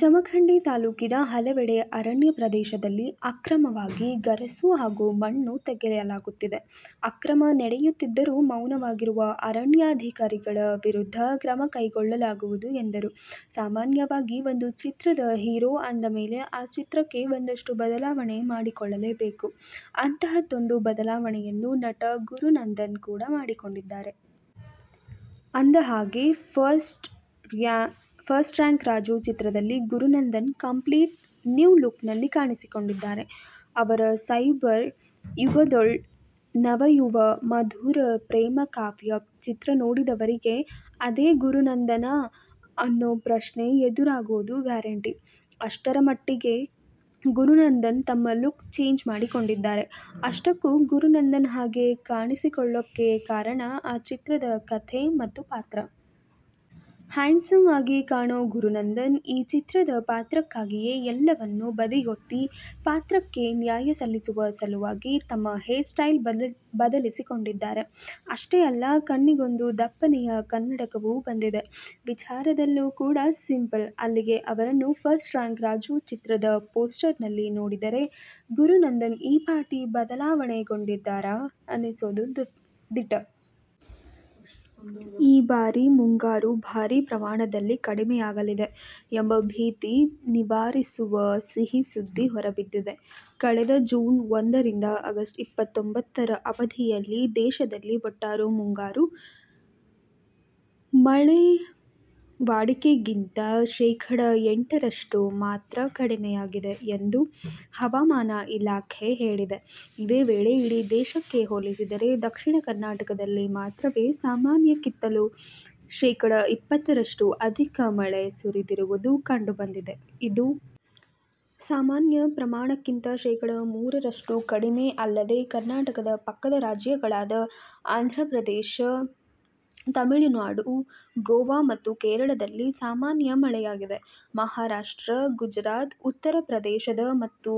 ಜಮಖಂಡಿ ತಾಲೂಕಿನ ಹಲವೆಡೆ ಅರಣ್ಯ ಪ್ರದೇಶದಲ್ಲಿ ಅಕ್ರಮವಾಗಿ ಗರಸು ಹಾಗೂ ಮಣ್ಣು ತೆಗೆಯಲಾಗುತ್ತಿದೆ. ಅಕ್ರಮ ನಡೆಯುತ್ತಿದ್ದರೂ ಮೌನವಾಗಿರುವ ಅರಣ್ಯಾಧಿಕಾರಿಗಳ ವಿರುದ್ಧ ಕ್ರಮ ಕೈಗೊಳ್ಳಲಾಗುವುದು ಎಂದರು. ಸಾಮಾನ್ಯವಾಗಿ ಒಂದು ಚಿತ್ರದ ಹೀರೋ ಅಂದಮೇಲೆ ಆ ಚಿತ್ರಕ್ಕೆ ಒಂದಷ್ಟು ಬದಲಾವಣೆ ಮಾಡಿಕೊಳ್ಳಲೇಬೇಕು. ಅಂಥದ್ದೊಂದು ಬದಲಾವಣೆಯನ್ನು ನಟ ಗುರುನಂದನ್ ಕೂಡ ಮಾಡಿಕೊಂಡಿದ್ದಾರೆ. ಅಂದಹಾಗೆ, "ಫಸ್ಟ್ ರ್ಯಾಂಕ್ ರಾಜು' ಚಿತ್ರದಲ್ಲಿ ಗುರುನಂದನ್ ಕಂಪ್ಲೀಟ್ ನ್ಯೂ ಲುಕ್ನಲ್ಲಿ ಕಾಣಿಸಿಕೊಂಡಿದ್ದಾರೆ. ಅವರ "ಸೈಬರ್ ಯುಗದೊಳ್ ನವಯುವ ಮಧುರ ಪ್ರೇಮ ಕಾವ್ಯ' ಚಿತ್ರ ನೋಡಿದವರಿಗೆ ಅದೇ ಗುರುನಂದನಾ ಅನ್ನೋ ಪ್ರಶ್ನೆ ಎದುರಾಗೋದು ಗ್ಯಾರಂಟಿ. ಅಷ್ಟರಮಟ್ಟಿಗೆ ಗುರುನಂದನ್ ತಮ್ಮ ಲುಕ್ ಚೇಂಜ್ ಮಾಡಿಕೊಂಡಿದ್ದಾರೆ. ಅಷ್ಟಕ್ಕೂ ಗುರುನಂದನ್ ಹಾಗೆ ಕಾಣಿಸಿಕೊಳ್ಳೋಕೆ ಕಾರಣ, ಆ ಚಿತ್ರದ ಕಥೆ ಮತ್ತು ಪಾತ್ರ. ಹ್ಯಾಂಡ್ಸಮ್ ಆಗಿ ಕಾಣೋ ಗುರುನಂದನ್, ಈ ಚಿತ್ರದ ಪಾತ್ರಕ್ಕಾಗಿಯೇ ಎಲ್ಲವನ್ನೂ ಬದಿಗೊತ್ತಿ, ಪಾತ್ರಕ್ಕೆ ನ್ಯಾಯ ಸಲ್ಲಿಸುವ ಸಲುವಾಗಿ, ತಮ್ಮ ಹೇರ್ಸ್ಟೈಲ್ ಬದಲಿಸಿಕೊಂಡಿದ್ದಾರೆ. ಅಷ್ಟೇ ಅಲ್ಲ, ಕಣ್ಣಿಗೊಂದು ದಪ್ಪನೆಯ ಕನ್ನಡಕವೂ ಬಂದಿದೆ. ವಿಚಾರದಲ್ಲೂ ಕೂಡ ಸಿಂಪಲ್. ಅಲ್ಲಿಗೆ ಅವರನ್ನು "ಫಸ್ಟ್ರ್ಯಾಂಕ್ ರಾಜು' ಚಿತ್ರದ ಪೋಸ್ಟರ್ನಲ್ಲಿ ನೋಡಿದರೆ, ಗುರುನಂದನ್ ಈ ಪಾಟಿ ಬದಲಾವಣೆಗೊಂಡಿದ್ದಾರಾ ಅನ್ನಿಸೋದು ದಿಟ. ಈ ಬಾರಿ ಮುಂಗಾರು ಭಾರೀ ಪ್ರಮಾಣದಲ್ಲಿ ಕಡಿಮೆಯಾಗಲಿದೆ ಎಂಬ ಭೀತಿ ನಿವಾರಿಸುವ ಸಿಹಿ ಸುದ್ದಿ ಹೊರಬಿದ್ದಿದೆ. ಕಳೆದ ಜೂನ್ ಒಂದ ರಿಂದ ಆಗಸ್ಟ್ ಇಪ್ಪತ್ತೊಂಬತ್ತರ ಅವಧಿಯಲ್ಲಿ ದೇಶದಲ್ಲಿ ಒಟ್ಟಾರೆ ಮುಂಗಾರು ಮಳೆ ವಾಡಿಕೆಗಿಂತ ಶೇಖಡ ಎಂಟರಷ್ಟು ಮಾತ್ರ ಕಡಿಮೆಯಾಗಿದೆ ಎಂದು ಹವಾಮಾನ ಇಲಾಖೆ ಹೇಳಿದೆ. ಇದೇ ವೇಳೆ ಇಡೀ ದೇಶಕ್ಕೆ ಹೋಲಿಸಿದರೆ, ದಕ್ಷಿಣ ಕರ್ನಾಟಕದಲ್ಲಿ ಮಾತ್ರವೇ ಸಾಮಾನ್ಯಕ್ಕಿಂತಲೂ ಶೇಖಡ ಇಪ್ಪತ್ತರಷ್ಟು ಅಧಿಕ ಮಳೆ ಸುರಿದಿರುವುದು ಕಂಡುಬಂದಿದೆ. ಇದು ಸಾಮಾನ್ಯ ಪ್ರಮಾಣಕ್ಕಿಂತ ಶೇಖಡ ಮೂರರಷ್ಟು ಕಡಿಮೆ. ಅಲ್ಲದೆ, ಕರ್ನಾಟಕದ ಪಕ್ಕದ ರಾಜ್ಯಗಳಾದ ಆಂಧ್ರಪ್ರದೇಶ, ತಮಿಳುನಾಡು, ಗೋವಾ ಮತ್ತು ಕೇರಳದಲ್ಲಿ ಸಾಮಾನ್ಯ ಮಳೆಯಾಗಿದೆ. ಮಹಾ ರಾಷ್ಟ್ರ, ಗುಜರಾತ್, ಉತ್ತರ ಪ್ರದೇಶದ ಮತ್ತು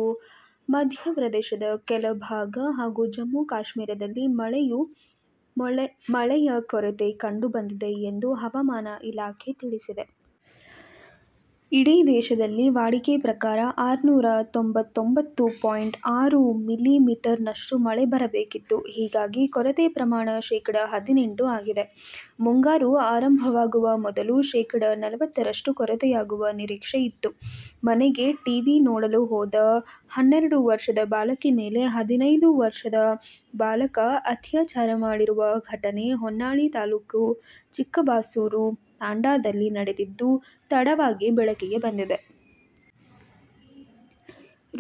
ಮಧ್ಯ ಪ್ರದೇಶದ ಕೆಲ ಭಾಗ, ಹಾಗೂ ಜಮ್ಮು ಕಾಶ್ಮೀರದಲ್ಲಿ ಮಳೆಯ ಕೊರತೆ ಕಂಡು ಬಂದಿದೆ ಎಂದು ಹವಾಮಾನ ಇಲಾಖೆ ತಿಳಿಸಿದೆ. ಇಡೀ ದೇಶದಲ್ಲಿ ವಾಡಿಕೆ ಪ್ರಕಾರ ಆರುನೂರ ತೊಂಬತ್ತೊಂಬತ್ತು ಪಾಯಿಂಟ್ ಆರು ಮಿಲಿ ಮೀಟರ್ನಷ್ಟು ಮಳೆ ಬರಬೇಕಿತ್ತು. ಹೀಗಾಗಿ ಕೊರತೆ ಪ್ರಮಾಣ ಶೇಖಡ ಹದಿನೆಂಟು ಆಗಿದೆ. ಮುಂಗಾರು ಆರಂಭವಾಗುವ ಮೊದಲು ಶೇಖಡ ನಲವತ್ತರಷ್ಟು ಕೊರತೆಯಾಗುವ ನಿರೀಕ್ಷೆ ಇತ್ತು. ಮನೆಗೆ ಟೀವಿ ನೋಡಲು ಹೋದ ಹನ್ನೆರಡು ವರ್ಷದ ಬಾಲಕಿ ಮೇಲೆ ಹದಿನೈದು ವರ್ಷದ ಬಾಲಕ ಅತ್ಯಾಚಾರ ಮಾಡಿರುವ ಘಟನೆ ಹೊನ್ನಾಳಿ ತಾಲೂಕು ಚಿಕ್ಕಬಾಸೂರು ತಾಂಡಾದಲ್ಲಿ ನಡೆದಿದ್ದು, ತಡವಾಗಿ ಬೆಳಕಿಗೆ ಬಂದಿದೆ.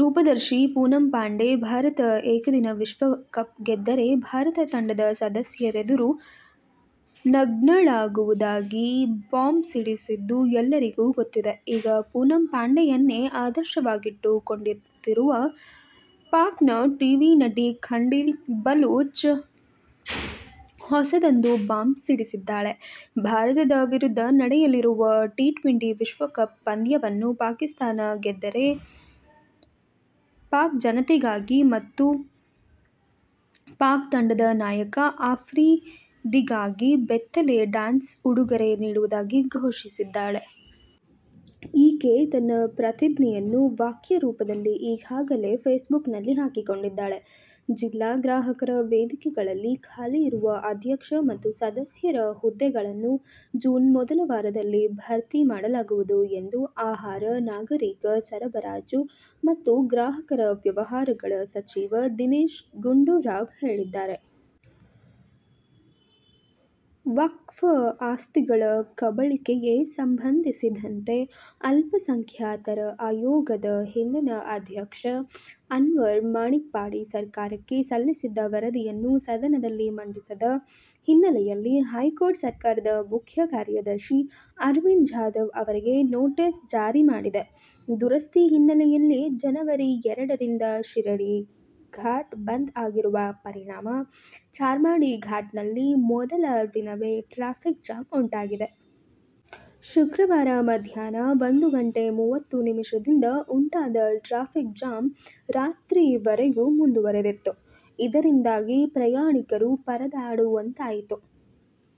ರೂಪದರ್ಶಿ ಪೂನಂ ಪಾಂಡೆ ಭಾರತ ಏಕದಿನ ವಿಶ್ವಕಪ್ ಗೆದ್ದರೆ ಭಾರತ ತಂಡದ ಸದಸ್ಯರೆದುರು ನಗ್ನಳಾಗುವುದಾಗಿ ಬಾಂಬ್ ಸಿಡಿಸಿದ್ದು ಎಲ್ಲರಿಗೂ ಗೊತ್ತಿದೆ. ಈಗ ಪೂನಂ ಪಾಂಡೆಯನ್ನೇ ಆದರ್ಶವಾಗಿಟ್ಟು ಕೊಂಡಂತಿರುವ ಪಾಕ್ನ ಟೀವಿ ನಟಿ ಖಂಡೀಲ್ ಬಲೂಚ್ ಹೊಸದೊಂದು ಬಾಂಬ್ ಸಿಡಿಸಿದ್ದಾಳೆ. ಭಾರತದ ವಿರುದ್ಧ ನಡೆಯಲಿರುವ ಟಿ-ಟ್ವೆಂಟಿ ವಿಶ್ವಕಪ್ ಪಂದ್ಯವನ್ನು ಪಾಕಿಸ್ತಾನ ಗೆದ್ದರೆ ಪಾಕ್ ಜನತೆಗಾಗಿ ಮತ್ತು ಪಾಕ್ ತಂಡದ ನಾಯಕ ಅಫ್ರಿದಿಗಾಗಿ ಬೆತ್ತಲೆ ಡ್ಯಾನ್ಸ್ನ ಉಡುಗೊರೆ ನೀಡುವುದಾಗಿ ಘೋಷಿಸಿದ್ದಾಳೆ. ಈಕೆ ತನ್ನ ಪ್ರತಿಜ್ಞೆಯನ್ನು ವಾಕ್ಯ ರೂಪದಲ್ಲಿ ಈಗಾಗಲೇ ಫೇಸ್ಬುಕ್ನಲ್ಲಿ ಹಾಕಿಕೊಂಡಿದ್ದಾಳೆ. ಜಿಲ್ಲಾ ಗ್ರಾಹಕರ ವೇದಿಕೆಗಳಲ್ಲಿ ಖಾಲಿ ಇರುವ ಅಧ್ಯಕ್ಷ ಮತ್ತು ಸದಸ್ಯರ ಹುದ್ದೆಗಳನ್ನು ಜೂನ್ ಮೊದಲ ವಾರದಲ್ಲಿ ಭರ್ತಿ ಮಾಡಲಾಗುವುದು ಎಂದು ಆಹಾರ, ನಾಗರೀಕ ಸರಬರಾಜು ಮತ್ತು ಗ್ರಾಹಕರ ವ್ಯವಹಾರಗಳ ಸಚಿವ ದಿನೇಶ್ ಗುಂಡೂರಾವ್ ಹೇಳಿದ್ದಾರೆ. ವಕ್ಫ್ ಆಸ್ತಿಗಳ ಕಬಳಿಕೆಗೆ ಸಂಬಂಧಿಸಿದಂತೆ ಅಲ್ಪಸಂಖ್ಯಾತರ ಆಯೋಗದ ಹಿಂದಿನ ಅಧ್ಯಕ್ಷ ಅನ್ವರ್ ಮಾಣಿಪ್ಪಾಡಿ ಸರ್ಕಾರಕ್ಕೆ ಸಲ್ಲಿಸಿದ್ದ ವರದಿಯನ್ನು ಸದನದಲ್ಲಿ ಮಂಡಿಸದ ಹಿನ್ನೆಲೆಯಲ್ಲಿ ಹೈಕೋರ್ಟ್ ಸರ್ಕಾರದ ಮುಖ್ಯ ಕಾರ್ಯದರ್ಶಿ ಅರವಿಂದ್ ಜಾಧವ್ ಅವರಿಗೆ ನೋಟಿಸ್ ಜಾರಿ ಮಾಡಿದೆ. ದುರಸ್ತಿ ಹಿನ್ನೆಲೆಯಲ್ಲಿ ಜನವರಿ ಎರಡರಿಂದ ಶಿರಾಡಿ ಘಾಟ್ ಬಂದ್ ಆಗಿರುವ ಪರಿಣಾಮ ಚಾರ್ಮಾಡಿ ಘಾಟ್ನಲ್ಲಿ ಮೊದಲ ದಿನವೇ ಟ್ರಾಫಿಕ್ ಜಾಮ್ ಉಂಟಾಗಿದೆ. ಶುಕ್ರವಾರ ಮಧ್ಯಾಹ್ನ ಒಂದು ಗಂಟೆ ಮೂವತ್ತು ನಿಮಿಷದಿಂದ ಉಂಟಾದ ಟ್ರಾಫಿಕ್ ಜಾಮ್, ರಾತ್ರಿವರೆಗೂ ಮುಂದುವರಿದಿತ್ತು. ಇದರಿಂದಾಗಿ ಪ್ರಯಾಣಿಕರು ಪರದಾಡುವಂತಾಯಿತು.